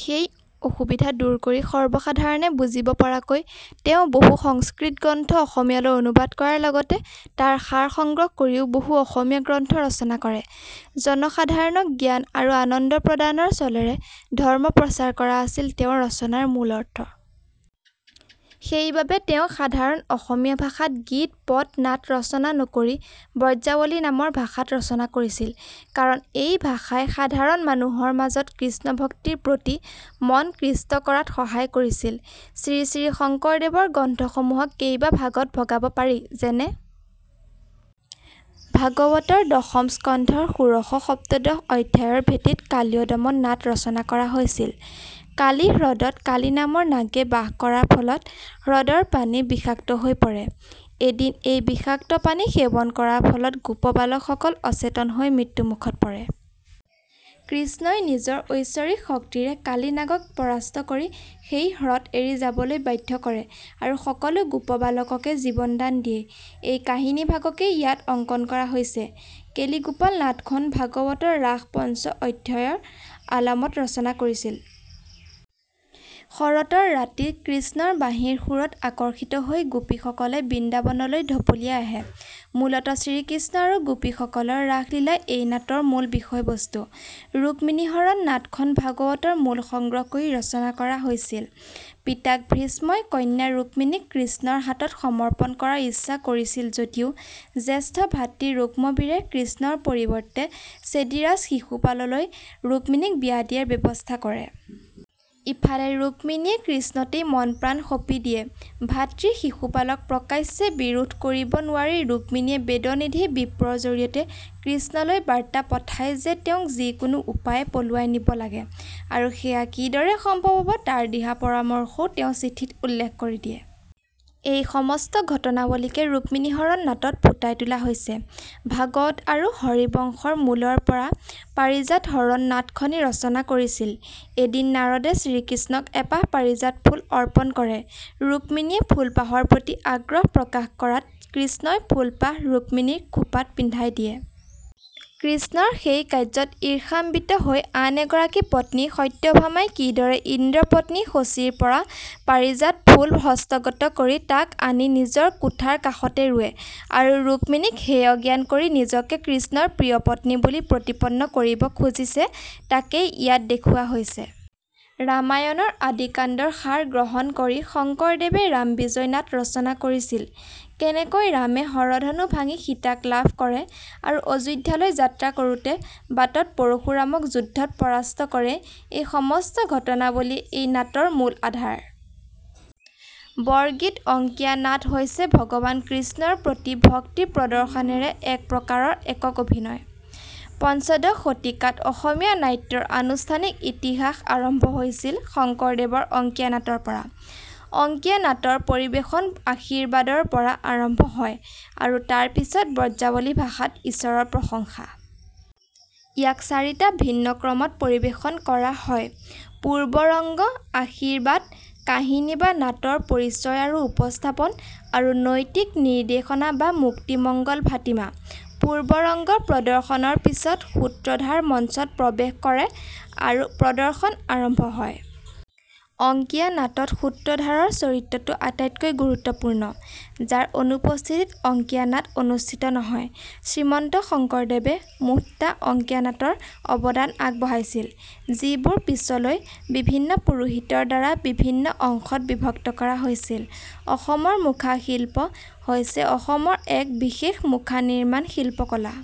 সেই অসুবিধা দুৰ কৰি সৰ্বসাধাৰণে বুজিব পৰাকৈ তেওঁ বহু সংস্কৃত গ্ৰন্থ অসমীয়ালৈ অনুবাদ কৰাৰ লগতে তাৰ সাৰ সংগ্ৰহ কৰিও বহু অসমীয়া গ্ৰন্থ ৰচনা কৰে। জনসাধাৰণক জ্ঞান আৰু আনন্দ প্ৰদানৰ চলেৰে ধৰ্ম প্ৰচাৰ কৰা, আছিল তেওঁৰ ৰচনাৰ মূল অৰ্থ। সেইবাবে তেওঁ সাধাৰণ অসমীয়া ভাষাত গীত, পদ, নাট, ৰচনা নকৰি ' ব্ৰজাৱলী ' নামৰ ভাষাত ৰচনা কৰিছিল। কাৰণ এই ভাষাই সাধাৰণ মানুহৰ মাজত কৃষ্ণভক্তিৰ প্ৰতি মন কৃষ্ট কৰাত সহায় কৰিছিল। শ্ৰীশ্ৰী শঙ্কৰদেৱৰ গ্ৰন্থসমূহক কেইবা ভাগত ভগাব পাৰি, যেনে :। ভাগৱতৰ দশম স্কন্ধৰ ষোড়শ-সপ্তদশ অধ্যায়ৰ ভেটিত কালিয়দমন নাট ৰচনা কৰা হৈছিল। কালি হ্ৰদত কালি নামৰ নাগে বাস কৰাৰ ফলত হ্ৰদৰ পানী বিষাক্ত হৈ পৰে। এদিন এই বিষাক্ত পানী সেৱন কৰাৰ ফলত গোপবালক সকল অচেতন হৈ মৃত্যুমুখত পৰে। কৃষ্ণই নিজৰ ঐশ্বৰিক শক্তিৰে কালি নাগক পৰাস্ত কৰি সেই হ্ৰদ এৰি যাবলৈ বাধ্য কৰে আৰু সকলো গোপবালককে জীৱন দান দিয়ে। এই কাহিনীভাগকেই ইয়াত অংকন কৰা হৈছে। কেলিগোপাল নাটখন ভাগৱতৰ ৰাস পঞ্চ অধ্যায়ৰ আলমত ৰচনা কৰিছিল। শৰতৰ ৰাতি কৃষ্ণৰ বাঁহীৰ সুৰত আকৰ্ষিত হৈ গোপীসকলে বৃন্দাবনলৈ ঢপলিয়াই আহে। মূলতঃ শ্ৰীকৃষ্ণ আৰু গোপীসকলৰ ৰাসলীলাই এই নাটৰ মূল বিষয়বস্তু। ৰুক্মিণী হৰণ নাটখন ভাগৱতৰ মূল সংগ্ৰহ কৰি ৰচনা কৰা হৈছিল। পিতাক ভীষ্মই কন্যা ৰুক্মীণীক কৃষ্ণৰ হাতত সমৰ্পণ কৰাৰ ইচ্ছা কৰিছিল যদিও জ্যেষ্ঠ ভাতৃ ৰুক্মবীৰে কৃষ্ণৰ পৰিৱৰ্তে ছেদীৰাজ শিশুপাললৈ ৰুক্মীণীক বিয়া দিয়াৰ ব্যৱস্থা কৰে। ইফালে ৰুক্মীণীয়ে কৃষ্ণতেই মন প্ৰাণ সঁপি দিয়ে। ভাতৃ শিশুপালক প্ৰকাশ্যে বিৰোধ কৰিব নোৱাৰি ৰুক্মীণীয়ে বেদনিধি বিপ্ৰৰ জৰিয়তে কৃষ্ণলৈ বাৰ্তা পঠায় যে তেওঁক যিকোনো উপায়ে পলুৱাই নিব লাগে আৰু সেইয়া কিদৰে সম্ভৱ হ'ব তাৰ দিহা পৰামৰ্শও তেওঁ চিঠিত উল্লেখ কৰি দিয়ে। এই সমস্ত ঘটনাৱলীকে ৰুক্মীণী হৰণ নাটত ফুটাই তোলা হৈছে। ভাগৱত আৰু হৰিবংশৰ মূলৰ পৰা পাৰিজাত হৰণ নাটখনি ৰচনা কৰিছিল। এদিন নাৰদে শ্ৰীকৃষ্ণক এপাহ পাৰিজাত ফুল অৰ্পণ কৰে। ৰুক্মীণীয়ে ফুলপাহৰ প্ৰতি আগ্ৰহ প্ৰকাশ কৰাত কৃষ্ণই ফুলপাহ ৰুক্মীণীৰ খোপাত পিন্ধাই দিয়ে। কৃষ্ণৰ সেই কাৰ্য্যত ইৰ্ষাম্বিত হৈ আন এগৰাকী পত্নী সত্যভামাই কিদৰে ইন্দ্ৰপত্নী শচীৰ পৰা পাৰিজাত ফুল হস্তগত কৰি তাক আনি নিজৰ কোঠাৰ কাষতে ৰুৱে আৰু ৰুক্মীণীক হেয় জ্ঞান কৰি নিজকে কৃষ্ণৰ প্ৰিয় পত্নী বুলি প্ৰতিপন্ন কৰিব খুজিছে তাকেই ইয়াত দেখুওৱা হৈছে। ৰামায়ণ ৰ আদিকাণ্ডৰ সাৰ গ্ৰহণ কৰি শঙ্কৰদেৱে ৰাম বিজয় নাট ৰচনা কৰিছিল। কেনেকৈ ৰামে হৰধনু ভাঙি সীতাক লাভ কৰে আৰু অযোধ্যালৈ যাত্ৰা কৰোঁতে বাটত পৰশুৰামক যুদ্ধত পৰাস্ত কৰে এই সমস্ত ঘটনাৱলীয়ে এই নাটৰ মূল আধাৰ। বৰগীত অংকীয়া নাট হৈছে ভগৱান কৃষ্ণৰ প্ৰতি ভক্তি প্ৰদৰ্শনেৰে এক প্ৰকাৰৰ একক-অভিনয়। পঞ্চদশ শতিকাত অসমীয়া নাট্যৰ আনুষ্ঠানিক ইতিহাস আৰম্ভ হৈছিল শংকৰদেৱৰ অংকীয়া নাট ৰ পৰা। অংকীয়া নাট ৰ পৰিবেশন আশীৰ্বাদৰ পৰা আৰম্ভ হয় আৰু তাৰ পিছত ব্ৰজাৱলী ভাষা ত ঈশ্বৰৰ প্ৰশংসা। ইয়াক চাৰিটা ভিন্ন ক্ৰমত পৰিবেশন কৰা হয় পূৰ্বৰঙ্গ', আশীৰ্বাদ, কাহিনী বা নাটৰ পৰিচয় আৰু উপস্থাপন, আৰু নৈতিক নিৰ্দেশনা বা মুক্তি মংগল ভাটিমা। পূৰ্বৰঙ্গ প্ৰদৰ্শনৰ পিছত, সূত্ৰধাৰ মঞ্চত প্ৰৱেশ কৰে আৰু প্ৰদৰ্শন আৰম্ভ হয়। অংকীয়া নাট ত সূত্ৰধাৰৰ চৰিত্ৰটো আটাইতকৈ গুৰুত্বপূৰ্ণ, যাৰ অনুপস্থিতিত অংকীয়া নাট অনুষ্ঠিত নহয়। শ্ৰীমন্ত সংকৰদেৱে মুঠ টা অংকীয়া নাট ৰ অৱদান আগবঢ়াইছিল যিবোৰ পিছলৈ বিভিন্ন পুৰোহিতৰ দ্বাৰা বিভিন্ন অংশত বিভক্ত কৰা হৈছিল। অসমৰ মুখা শিল্প হৈছে অসমৰ এক বিশেষ মুখা নিৰ্মাণ শিল্পকলা।